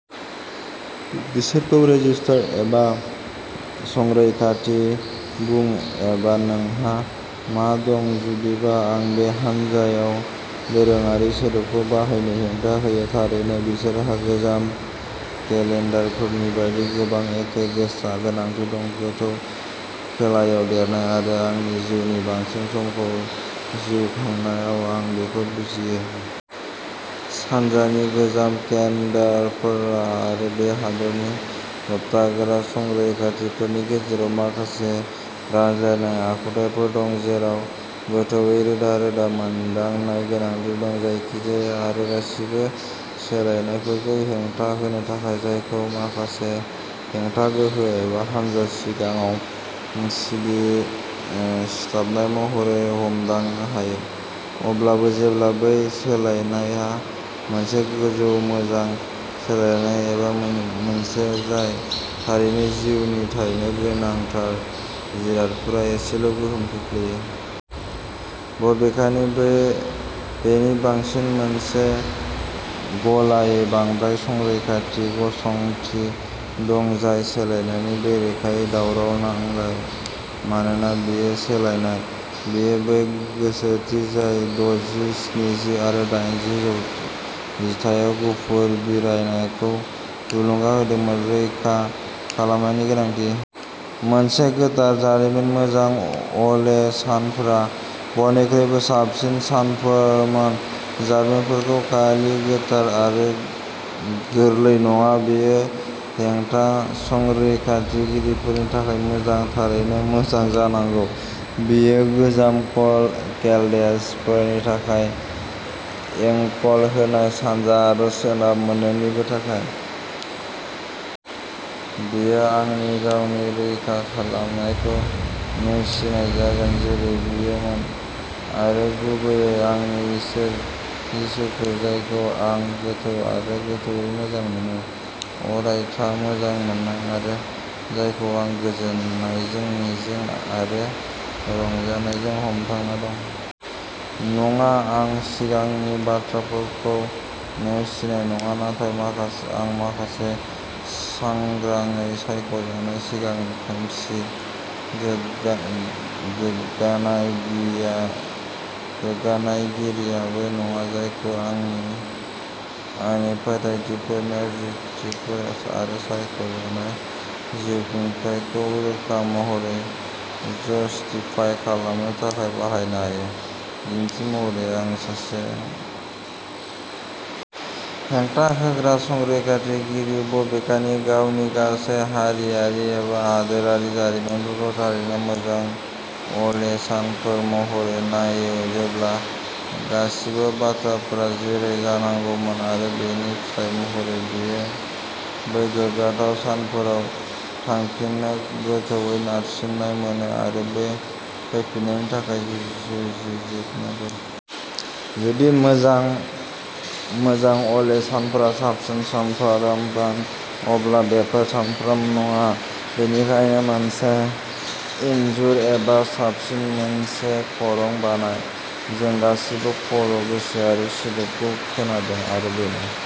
बिसोरखौ "रेजिस्टार" एबा "संरैखाथि" बुं एबा नोंहा मा दं जुदिबो आं बे हान्जायाव "दोरोङारि" सोदोबखौ बाहायनो हेंथा होयो। थारैनो बिसोरहा गोजाम केलेन्डारारिफोरनि बायदि गोबां एखे गोसोथि दं। गोथौ खोलायाव देरनाय आरो आंनि जिउनि बांसिन समखौ जिउ खांनाय आं बेखौ बुजियो। सानजानि गोजाम केन्डारारिफोर आरो बे हादोरनि होबथाग्रा संरैखाथिगिरिफोरनि गेजेराव माखासे रानलायनाय आखुथायफोर दं जेराव गोथौवै रोदा-रोदा मोनदांनाय-गोनांथि दं जायखिजाया आरो गासिबो सोलायनायफोरखौ हेंथा होनो थाखाय जायखौ माखासे हेंथा गोहो एबा हान्जानि सिगाङाव सिथाबनाय महरै हमदांनो हायो अब्लाबो जेब्ला बै सोलायनायआ मोनसे गासै मोजां सोलायनाय एबा मोनसे जाय थारैनो जिउनि थारैनो गोनांथार जिरादफोराव एसेल' गोहोम खोख्लैयो। बबेखानि बे बेनि बांसिन मोनसे गलायगैयै बांद्राय-संरैखाथि गोसोथि दं जाय सोलायनायनि बेरेखायै दावहा नांलायो मानोना बेयो सोलायनाय। बेयो बै गोसोथि जाय दजि, स्निजि आरो डाइनजि जिथाइयाव "गुफुर बिरनाय" खौ थुलुंगा होदोंमोन। रैखा खालामनायनि गोनांथि। मोनसे गोथार जारिमिन। मोजां अले सानफोरा बयनिख्रुइ साबसिन सानफोरमोन। जारिमिनखौ खालि गोथार आरो गोरलैल' नङा बेयो हेंथा-संरैखाथिगिरिफोरनि थाखाय मोजां थारैनो मोजां जानांगौ। बेयो गोजाम केलदेस्टफोरनि थाखाय एंकर-होल्ड सानजा आरो सोनाब मोन्नैनिबो थाखाय जोबनायाव जुदि मोजां अले सानफोरा थारैनो एसेबां मोजां नङामोन अब्ला मानो बेफोरखौ रैखा खालामनो एबा लाबोफिननो नाजा? बेयो आंनि गावनि रैखा खालामनायखौ नेवसिनाय जागोन जेरै बेयो आरो गुबैयै आंनि इसोर जिसुखौ जायखौ आं गोथौ आरो गोथौवै मोजां मोनो। अरायथा मोजां मोननाय आरो जायखौ आं गोजोननायजों मिजिं आरो रंजानायजों हमथाना दं। नङा, आं सिगांनि बाथ्राफोरखौ नेवसिनाय नङा नाथाय माखासे आं माखासे सांग्राङै सायख'जानाय सिगांनि खोमसि गोग्गानायगिरिबो नङा जायखौ आं आंनि फोथायथिफोर नोजोरथिफोर आरो सायख' जानाय जिउखुंथायखौ रोखा महरै जस्टिफाइ खालामनो थाखाय बाहायनो हायो। बिदिन्थि महरै आं सासे आमेरिकान जानायनि थाखाय गोग्गायो अब्लाबो आं आंनि गेदेमा हादोरनि जारिमिनखौ "साखोन-सिखोन" खालामनायनि जेबो गोनांथि गैया। हेंथा होग्रा-संरैखाथिगिरि बबेखानि गावनि गासै हारियारि एबा हादोरारि जारिमिनखौ थारैनो "मोजां अ'ले सानफोर" महरै नायो जेब्ला गासैबो बाथ्राफोरा जेरै जानांगौमोन आरो बेनि फिथाइ महरै बियो बै गोग्गाथाव सानफोराव थांफिननाय गोथौवै नारसिननाय मोनो आरो बै फैफिन्नायनि थाखाय जुजि। जुदि मोजां अले अले सानफोरा साबसिन सानफोरमोन अब्ला बेफोर सानफोरा नङा। बेनिखायनो मोनसे इनजुर एबा साबसिन मोनसे खरं बानाय। जों गासैबो "खरं गोसोआरि" सोदोबखौ खोनादों आरो बेनो।